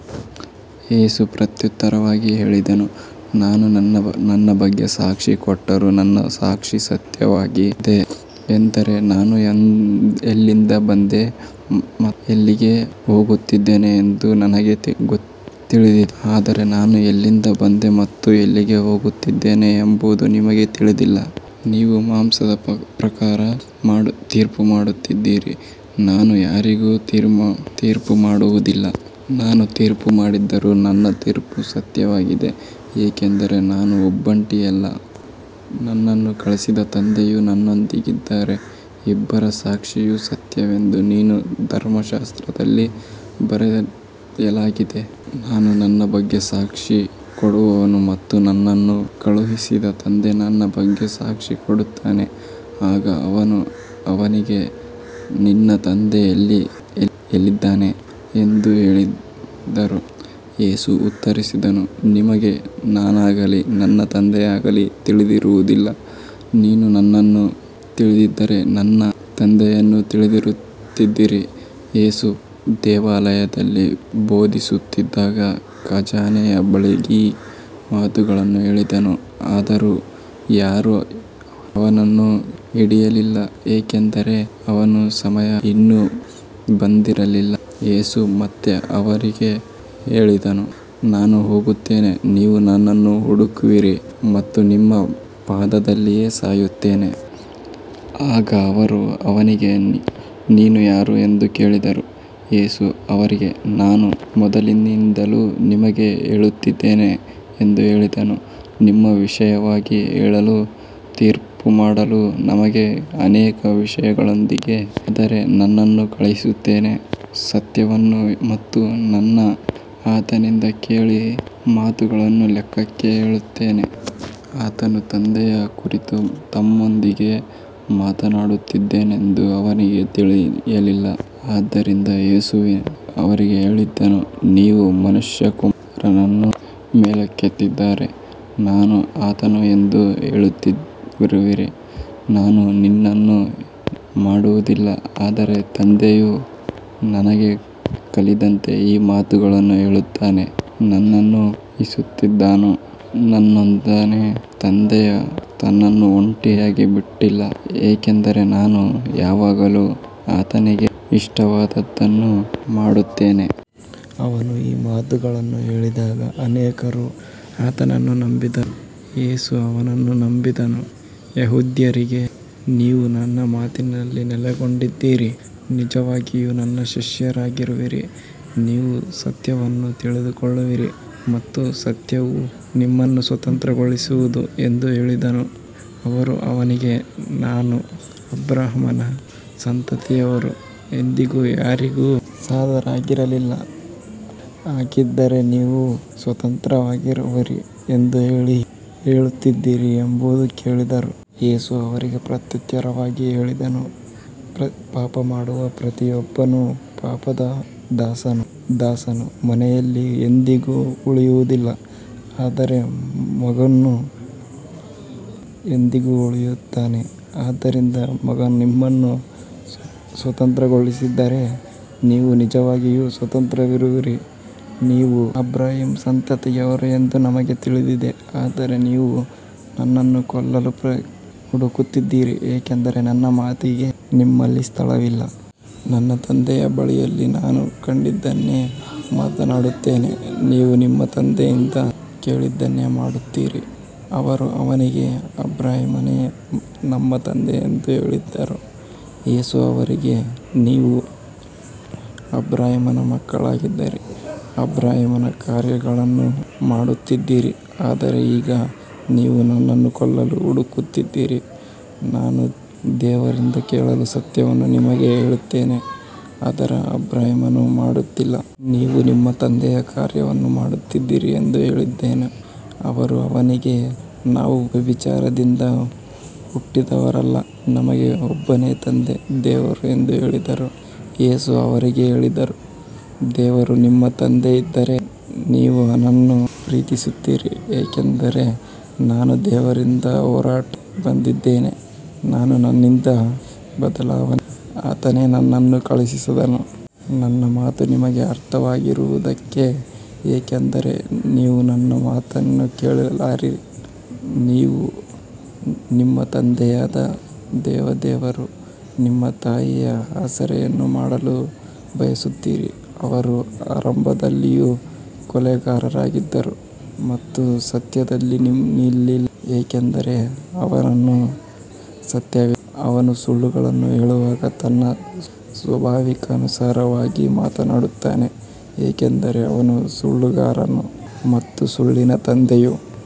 ಯೇಸು ಅವರಿಗೆ ಪ್ರತ್ಯುತ್ತರವಾಗಿ ಹೇಳಿದನು, ನಾನು ನನ್ನ ಬಗ್ಗೆ ಸಾಕ್ಷಿ ಕೊಟ್ಟರೂ ನನ್ನ ಸಾಕ್ಷಿ ಸತ್ಯವಾಗಿದೆ, ಏಕೆಂದರೆ ನಾನು ಎಲ್ಲಿಂದ ಬಂದೆ ಮತ್ತು ಎಲ್ಲಿಗೆ ಹೋಗುತ್ತೇನೆ ಎಂದು ನನಗೆ ತಿಳಿದಿದೆ, ಆದರೆ ನಾನು ಎಲ್ಲಿಂದ ಬಂದೆ ಮತ್ತು ಎಲ್ಲಿಗೆ ಹೋಗುತ್ತೇನೆ ಎಂಬುದು ನಿಮಗೆ ತಿಳಿದಿಲ್ಲ. ನೀವು ಮಾಂಸದ ಪ್ರಕಾರ ತೀರ್ಪುಮಾಡುತ್ತೀರಿ, ನಾನು ಯಾರಿಗೂ ತೀರ್ಪುಮಾಡುವುದಿಲ್ಲ. ನಾನು ತೀರ್ಪುಮಾಡಿದರೂ ನನ್ನ ತೀರ್ಪು ಸತ್ಯವಾಗಿದೆ, ಏಕೆಂದರೆ ನಾನು ಒಬ್ಬಂಟಿಯಲ್ಲ, ನನ್ನನ್ನು ಕಳುಹಿಸಿದ ತಂದೆಯು ನನ್ನೊಂದಿಗಿದ್ದಾನೆ. ಇಬ್ಬರ ಸಾಕ್ಷಿಯು ಸತ್ಯವೆಂದು ನಿಮ್ಮ ಧರ್ಮಶಾಸ್ತ್ರದಲ್ಲಿ ಬರೆಯಲಾಗಿದೆ. ನಾನು ನನ್ನ ಬಗ್ಗೆ ಸಾಕ್ಷಿ ಕೊಡುವವನು ಮತ್ತು ನನ್ನನ್ನು ಕಳುಹಿಸಿದ ತಂದೆಯು ನನ್ನ ಬಗ್ಗೆ ಸಾಕ್ಷಿ ಕೊಡುತ್ತಾನೆ. ಆಗ ಅವರು ಅವನಿಗೆ, ನಿನ್ನ ತಂದೆ ಎಲ್ಲಿದ್ದಾನೆ ಎಂದು ಕೇಳಿದರು. ಯೇಸು ಉತ್ತರಿಸಿದನು, ನಿಮಗೆ ನನ್ನನ್ನಾಗಲಿ ನನ್ನ ತಂದೆಯನ್ನಾಗಲಿ ತಿಳಿದಿಲ್ಲ. ನೀವು ನನ್ನನ್ನು ತಿಳಿದಿದ್ದರೆ ನನ್ನ ತಂದೆಯನ್ನೂ ತಿಳಿದಿರುತ್ತಿದ್ದಿರಿ. ಯೇಸು ದೇವಾಲಯದಲ್ಲಿ ಬೋಧಿಸುತ್ತಿದ್ದಾಗ ಖಜಾನೆಯ ಬಳಿ ಈ ಮಾತುಗಳನ್ನು ಹೇಳಿದನು, ಆದರೂ ಯಾರೂ ಅವನನ್ನು ಹಿಡಿಯಲಿಲ್ಲ, ಏಕೆಂದರೆ ಅವನ ಸಮಯ ಇನ್ನೂ ಬಂದಿರಲಿಲ್ಲ. ಯೇಸು ಮತ್ತೆ ಅವರಿಗೆ ಹೇಳಿದನು, ನಾನು ಹೋಗುತ್ತೇನೆ, ನೀವು ನನ್ನನ್ನು ಹುಡುಕುವಿರಿ ಮತ್ತು ನಿಮ್ಮ ಪಾಪದಲ್ಲಿಯೇ ಸಾಯುವಿರಿ. ಆಗ ಅವರು ಅವನಿಗೆ, ನೀನು ಯಾರು ಎಂದು ಕೇಳಿದರು. ಯೇಸು ಅವರಿಗೆ, ನಾನು ಮೊದಲಿನಿಂದಲೂ ನಿಮಗೆ ಹೇಳಿದವನಾಗಿದ್ದೇನೆ ಎಂದು ಹೇಳಿದನು. ನಿಮ್ಮ ವಿಷಯವಾಗಿ ಹೇಳಲೂ ತೀರ್ಪುಮಾಡಲೂ ನನಗೆ ಅನೇಕ ವಿಷಯಗಳಿವೆ, ಆದರೆ ನನ್ನನ್ನು ಕಳುಹಿಸಿದಾತನು ಸತ್ಯವಂತನು ಮತ್ತು ನಾನು ಆತನಿಂದ ಕೇಳಿದ ಮಾತುಗಳನ್ನು ಲೋಕಕ್ಕೆ ಹೇಳುತ್ತೇನೆ. ಆತನು ತಂದೆಯ ಕುರಿತು ತಮ್ಮೊಂದಿಗೆ ಮಾತನಾಡುತ್ತಿದ್ದಾನೆಂದು ಅವರಿಗೆ ತಿಳಿಯಲಿಲ್ಲ. ಆದ್ದರಿಂದ ಯೇಸು ಅವರಿಗೆ ಹೇಳಿದನು, ನೀವು ಮನುಷ್ಯಕುಮಾರನನ್ನು ಮೇಲಕ್ಕೆತ್ತಿದಾಗ ನಾನೇ ಆತನು ಎಂದು ತಿಳಿದುಕೊಳ್ಳುವಿರಿ. ನಾನು ನನ್ನಿಂದ ಏನೂ ಮಾಡುವುದಿಲ್ಲ, ಆದರೆ ತಂದೆಯು ನನಗೆ ಕಲಿಸಿದಂತೆಯೇ ಈ ಮಾತುಗಳನ್ನು ಹೇಳುತ್ತೇನೆ. ನನ್ನನ್ನು ಕಳುಹಿಸಿದಾತನು ನನ್ನೊಂದಿಗಿದ್ದಾನೆ. ತಂದೆಯು ನನ್ನನ್ನು ಒಂಟಿಯಾಗಿ ಬಿಟ್ಟಿಲ್ಲ, ಏಕೆಂದರೆ ನಾನು ಯಾವಾಗಲೂ ಆತನಿಗೆ ಇಷ್ಟವಾದದ್ದನ್ನೇ ಮಾಡುತ್ತೇನೆ. ಅವನು ಈ ಮಾತುಗಳನ್ನು ಹೇಳಿದಾಗ ಅನೇಕರು ಆತನನ್ನು ನಂಬಿದರು. ಯೇಸು ಅವನನ್ನು ನಂಬಿದ ಯೆಹೂದ್ಯರಿಗೆ, ನೀವು ನನ್ನ ಮಾತಿನಲ್ಲಿ ನೆಲೆಗೊಂಡಿದ್ದರೆ ನಿಜವಾಗಿಯೂ ನನ್ನ ಶಿಷ್ಯರಾಗಿರುವಿರಿ, ನೀವು ಸತ್ಯವನ್ನು ತಿಳಿದುಕೊಳ್ಳುವಿರಿ ಮತ್ತು ಸತ್ಯವು ನಿಮ್ಮನ್ನು ಸ್ವತಂತ್ರಗೊಳಿಸುವುದು ಎಂದು ಹೇಳಿದನು. ಅವರು ಅವನಿಗೆ, ನಾವು ಅಬ್ರಹಾಮನ ಸಂತತಿಯವರು, ಎಂದಿಗೂ ಯಾರಿಗೂ ದಾಸರಾಗಿರಲಿಲ್ಲ, ಹಾಗಿದ್ದರೆ ನೀವು ಸ್ವತಂತ್ರರಾಗುವಿರಿ ಎಂದು ಹೇಗೆ ಹೇಳುತ್ತೀರಿ ಎಂದು ಕೇಳಿದರು. ಯೇಸು ಅವರಿಗೆ ಪ್ರತ್ಯುತ್ತರವಾಗಿ ಹೇಳಿದನು, ಪಾಪಮಾಡುವ ಪ್ರತಿಯೊಬ್ಬನು ಪಾಪದ ದಾಸನು. ದಾಸನು ಮನೆಯಲ್ಲಿ ಎಂದೆಂದಿಗೂ ಉಳಿಯುವುದಿಲ್ಲ, ಆದರೆ ಮಗನು ಎಂದೆಂದಿಗೂ ಉಳಿಯುತ್ತಾನೆ. ಆದ್ದರಿಂದ ಮಗನು ನಿಮ್ಮನ್ನು ಸ್ವತಂತ್ರಗೊಳಿಸಿದರೆ ನೀವು ನಿಜವಾಗಿಯೂ ಸ್ವತಂತ್ರರಾಗಿರುವಿರಿ. ನೀವು ಅಬ್ರಹಾಮನ ಸಂತತಿಯವರು ಎಂದು ನನಗೆ ತಿಳಿದಿದೆ, ಆದರೆ ನೀವು ನನ್ನನ್ನು ಕೊಲ್ಲಲು ಹುಡುಕುತ್ತೀರಿ, ಏಕೆಂದರೆ ನನ್ನ ಮಾತಿಗೆ ನಿಮ್ಮಲ್ಲಿ ಸ್ಥಳವಿಲ್ಲ. ನನ್ನ ತಂದೆಯ ಬಳಿಯಲ್ಲಿ ನಾನು ಕಂಡದ್ದನ್ನೇ ಮಾತನಾಡುತ್ತೇನೆ, ನೀವು ನಿಮ್ಮ ತಂದೆಯಿಂದ ಕೇಳಿದ್ದನ್ನೇ ಮಾಡುತ್ತೀರಿ. ಅವರು ಅವನಿಗೆ, ಅಬ್ರಹಾಮನೇ ನಮ್ಮ ತಂದೆ ಎಂದು ಹೇಳಿದರು. ಯೇಸು ಅವರಿಗೆ, ನೀವು ಅಬ್ರಹಾಮನ ಮಕ್ಕಳಾಗಿದ್ದರೆ ಅಬ್ರಹಾಮನ ಕಾರ್ಯಗಳನ್ನು ಮಾಡುತ್ತಿದ್ದಿರಿ. ಆದರೆ ಈಗ ನೀವು ನನ್ನನ್ನು ಕೊಲ್ಲಲು ಹುಡುಕುತ್ತೀರಿ. ನಾನು ದೇವರಿಂದ ಕೇಳಿದ ಸತ್ಯವನ್ನು ನಿಮಗೆ ಹೇಳಿದ್ದೇನೆ, ಅದನ್ನು ಅಬ್ರಹಾಮನು ಮಾಡಲಿಲ್ಲ. ನೀವು ನಿಮ್ಮ ತಂದೆಯ ಕಾರ್ಯಗಳನ್ನು ಮಾಡುತ್ತೀರಿ ಎಂದು ಹೇಳಿದನು. ಅವರು ಅವನಿಗೆ, ನಾವು ವ್ಯಭಿಚಾರದಿಂದ ಹುಟ್ಟಿದವರಲ್ಲ, ನಮಗೆ ಒಬ್ಬನೇ ತಂದೆ, ದೇವರು ಎಂದು ಹೇಳಿದರು. ಯೇಸು ಅವರಿಗೆ ಹೇಳಿದನು, ದೇವರು ನಿಮ್ಮ ತಂದೆಯಾಗಿದ್ದರೆ ನೀವು ನನ್ನನ್ನು ಪ್ರೀತಿಸುತ್ತಿದ್ದಿರಿ, ಏಕೆಂದರೆ ನಾನು ದೇವರಿಂದ ಹೊರಟು ಬಂದಿದ್ದೇನೆ. ನಾನು ನನ್ನಿಂದ ಬಂದವನಲ್ಲ, ಆತನೇ ನನ್ನನ್ನು ಕಳುಹಿಸಿದನು. ನನ್ನ ಮಾತು ನಿಮಗೆ ಅರ್ಥವಾಗದಿರುವುದೇಕೆ, ಏಕೆಂದರೆ ನೀವು ನನ್ನ ಮಾತನ್ನು ಕೇಳಲಾರಿರಿ. ನೀವು ನಿಮ್ಮ ತಂದೆಯಾದ ದೆವ್ವದವರು, ನಿಮ್ಮ ತಂದೆಯ ಆಸೆಗಳನ್ನು ಮಾಡಲು ಬಯಸುತ್ತೀರಿ. ಅವನು ಆರಂಭದಿಂದಲೂ ಕೊಲೆಗಾರನಾಗಿದ್ದನು ಮತ್ತು ಸತ್ಯದಲ್ಲಿ ನಿಲ್ಲಲಿಲ್ಲ, ಏಕೆಂದರೆ ಅವನಲ್ಲಿ ಸತ್ಯವಿಲ್ಲ. ಅವನು ಸುಳ್ಳನ್ನು ಹೇಳುವಾಗ ತನ್ನ ಸ್ವಭಾವಕ್ಕನುಸಾರವಾಗಿ ಮಾತನಾಡುತ್ತಾನೆ, ಏಕೆಂದರೆ ಅವನು ಸುಳ್ಳುಗಾರನು ಮತ್ತು ಸುಳ್ಳಿನ ತಂದೆಯು.